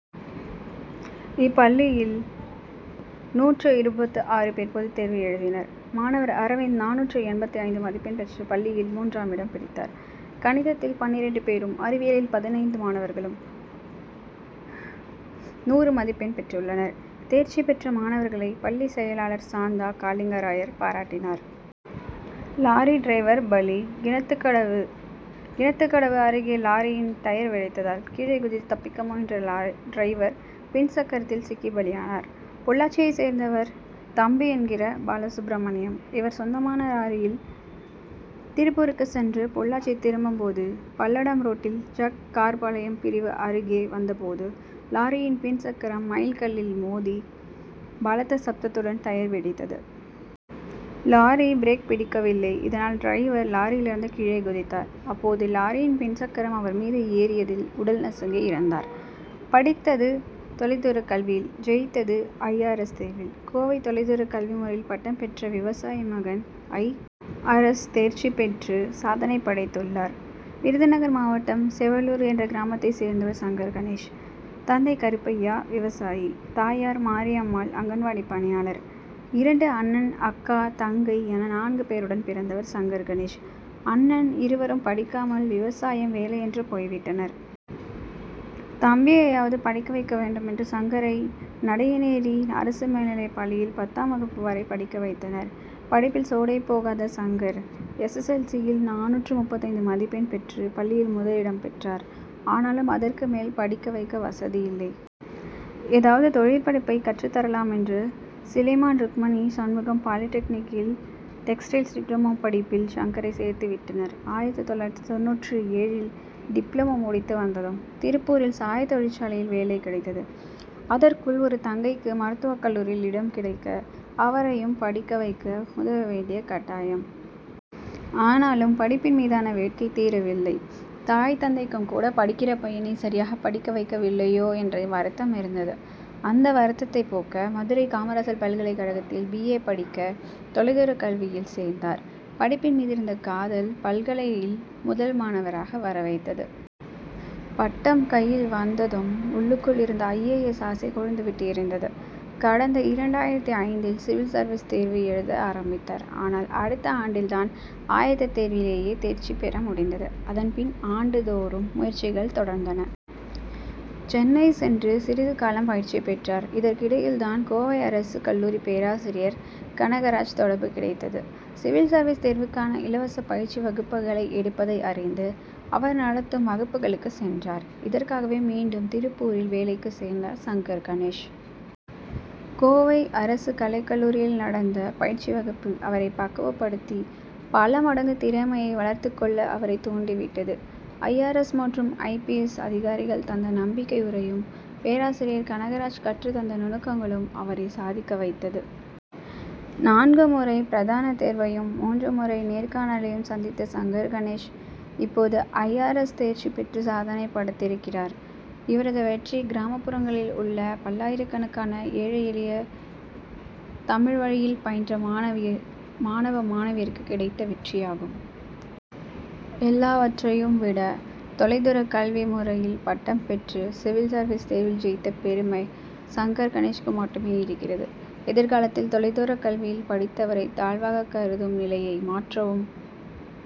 இப்பள்ளியில் நூற்று இருபத்து ஆறு பேர் பொதுத்தேர்வு எழுதினர். மாணவர் அரவிந்த் நானூற்று எண்பத்து ஐந்து மதிப்பெண் பெற்று பள்ளியில் மூன்றாமிடம் பிடித்தார். கணிதத்தில் பன்னிரண்டு பேரும் அறிவியலில் பதினைந்து மாணவர்களும் நூறு மதிப்பெண் பெற்றுள்ளனர். தேர்ச்சி பெற்ற மாணவர்களை பள்ளி செயலாளர் சாந்தா காளிங்கராயர் பாராட்டினார். லாரி டிரைவர் பலி கிணத்துக்கடவு கிணத்துக்கடவு அருகே லாரியின் டயர் வெடித்ததால் கீழே குதித்து தப்பிக்க முயன்ற டிரைவர் பின் சக்கரத்தில் சிக்கி பலியானார். பொள்ளாச்சியை சேர்ந்தவர் தம்பி என்கிற பால சுப்பிரமணியம் இவர் சொந்தமான லாரியில் திருப்பூருக்கு சென்று பொள் ளாச்சி திரும்பும் போது பல்லடம் ரோட்டில் ஜக் கார்பாளையம் பிரிவு அருகே வந்த போது லாரி யின் பின் சக்கரம் மைல் கல்லில் மோதி பலத்த சப்தத்துடன் டயர் வெடித்தது. லாரி பிரேக் பிடிக்கவில்லை. இதனால் டிரைவர் லாரியிலிருந்து கீழே குதித்தார். அப்போது லாரியின் பின் சக்கரம் அவர் மீது ஏறிய தில் உடல் நசுங்கி இறந்தார். படித்தது தொலைதூரக்கல்வியில் ஜெயித்தது ஐ. ஆர். எஸ்., தேர்வில் கோவை தொலை தூரக் கல்வி முறையில் பட்டம் பெற்ற விவசாயி மகன் ஐ. ஆர். எஸ்.தேர்ச்சி பெற்று சாதனை படைத்துள்ளார். விருதுநகர் மாவட்டம் செவலூர் என்ற கிராமத்தைச் சேர்ந்தவர் சங்கர் கணேஷ். தந்தை கருப்பையா விவசாயி தாயார் மாரியம்மாள் அங்கன்வாடிப் பணியாளர். இரண்டு அண்ணன், அக்கா, தங்கை என நான்கு பேருடன் பிறந்தவர் சங்கர் கணேஷ். அண்ணன் இருவரும் படிக்காமல், விவசாயம் வேலை என்று போய் விட்டனர். தம்பியையாவது படிக்க வைக்க வேண்டுமென்று சங்கரை நடையநேரி அரசு மேல்நிலைப்பள்ளியில் பத்தாம் வகுப்பு வரை படிக்க வைத்தனர். படிப்பில் சோடை போகாத Shankar S. S. L. C. யில் நானூற்று முப்பத்தைந்து மதிப்பெண் பெற்று பள்ளியில் முதலிடம் பெற்றார். ஆனாலும் அதற்கு மேல் படிக்க வைக்க வசதியில்லை. ஏதாவது தொழிற்படிப்பைக் கற்றுத்தரலாமென்று சிலைமான் ருக்மணி சண்முகம் பாலிடெக்னிக் கில் டெக்ஸ்டைல் டிப்ளமோ படிப்பில் சங்கரை சேர்த்து விட்டனர். ஆயிரத்து தொள்ளாயிரத்து தொண்ணூற்று ஏழு ல் டிப்ளமோ முடித்து வந்ததும் திருப்பூரில் சாயத் தொழிற்சாலையில் வேலை கிடைத்தது. அதற்குள் ஒரு தங்கைக்கு மருத்துவக்கல்லூரியில் இடம் கிடைக்க அவரையும் படிக்க வைக்க உதவ வேண்டிய கட்டாயம். ஆனாலும் படிப்பின் மீதான வேட்கை தீரவில் லை. தாய் தந்தைக்கும் கூட படிக்கிற பையனை சரியாகப் படிக்க வைக்கவில்லையோ என்ற வருத்தம் இருந்தது. அந்த வருத்தத்தைப் போக்க மதுரை காமராசர் பல்கலைக்கழகத்தில் பி. ஏ. படிக்க தொலைதூரக் கல்வியில் சேர்ந்தார். படிப்பின் மீதிருந்த காதல் பல்கலையில் முதல் மாணவராக வரவைத்தது. பட்டம் கையில் வந்ததும், உள்ளுக்குள் இருந்த ஐ. ஏ. எஸ்., ஆசை கொழுந்து விட்டு எரிந்தது. கடந்த இரண்டாயிரத்து ஐந்து ல் சிவில் சர்வீஸ் தேர்வு எழுத ஆரம்பித்தார். ஆனால், அடுத்த ஆண்டில்தான் ஆயத்தத்தேர்விலேயே தேர்ச்சி பெற முடிந்தது. அதன் பின், ஆண்டுதோறும் முயற்சிகள் தொடர்ந்தன. சென்னை சென்று சிறிது காலம் பயிற்சி பெற்றார். இதற்கு இடையில்தான், கோவை அரசு கல்லூரி பேராசிரியர் கனகராஜ் தொடர்பு கிடைத்தது. சிவில் சர்வீஸ் தேர்வுக்கான இலவச பயிற்சி வகுப்புகளை எடுப்பதை அறிந்து, அவர் நடத்தும் வகுப்புகளுக்குச் சென்றார். இதற்காகவே, மீண்டும் திருப்பூரில் வேலைக்குச் சேர்ந்தார் சங்கர் கணேஷ். கோவை அரசு கலைக்கல்லூரியில் நடந்த பயிற்சி வகுப்பு, அவரை பக்குவப் படுத்தி, பல மடங்கு திறமையை வளர்த்துக் கொள்ள, அவரைத் தூண்டி விட்டது. ஐ. ஆர். எஸ்., மற்றும் ஐ. பி. எஸ்., அதிகாரிகள் தந்த நம்பிக்கை உரையும், பேராசிரியர் கனகராஜ் கற்றுத் தந்த நுணுக்கங்களும் அவரை சாதிக்க வைத்தது. நான்கு முறை பிரதான தேர்வையும் மூன்று முறை நேர்காணலையும் சந்தித்த சங்கர் கணேஷ் இப்போது ஐ. ஆர். எஸ். தேர்ச்சி பெற்று சாதனை படைத்திருக்கிறார். இவரது வெற்றி கிராமப் புறங்களில் உள்ள பல்லாயிரக்கணக்கான ஏழை எளிய தமிழ் வழியில் பயின்ற மாணவ மாணவியருக்குக் கிடைத்த வெற்றியாகும். எல்லாவற்றையும் விட, தொலை தூரக் கல்வி முறையில் பட்டம் பெற்று சிவில் சர்வீஸ் தேர்வில் ஜெயித்த பெருமை சங்கர் கணேஷ்க்கு மட்டுமே இருக்கிறது. எதிர்காலத்தில் தொலைதூரக் கல்வியில் படித்தவரை தாழ்வாகக் கருதும் நிலையை மாற்றவும்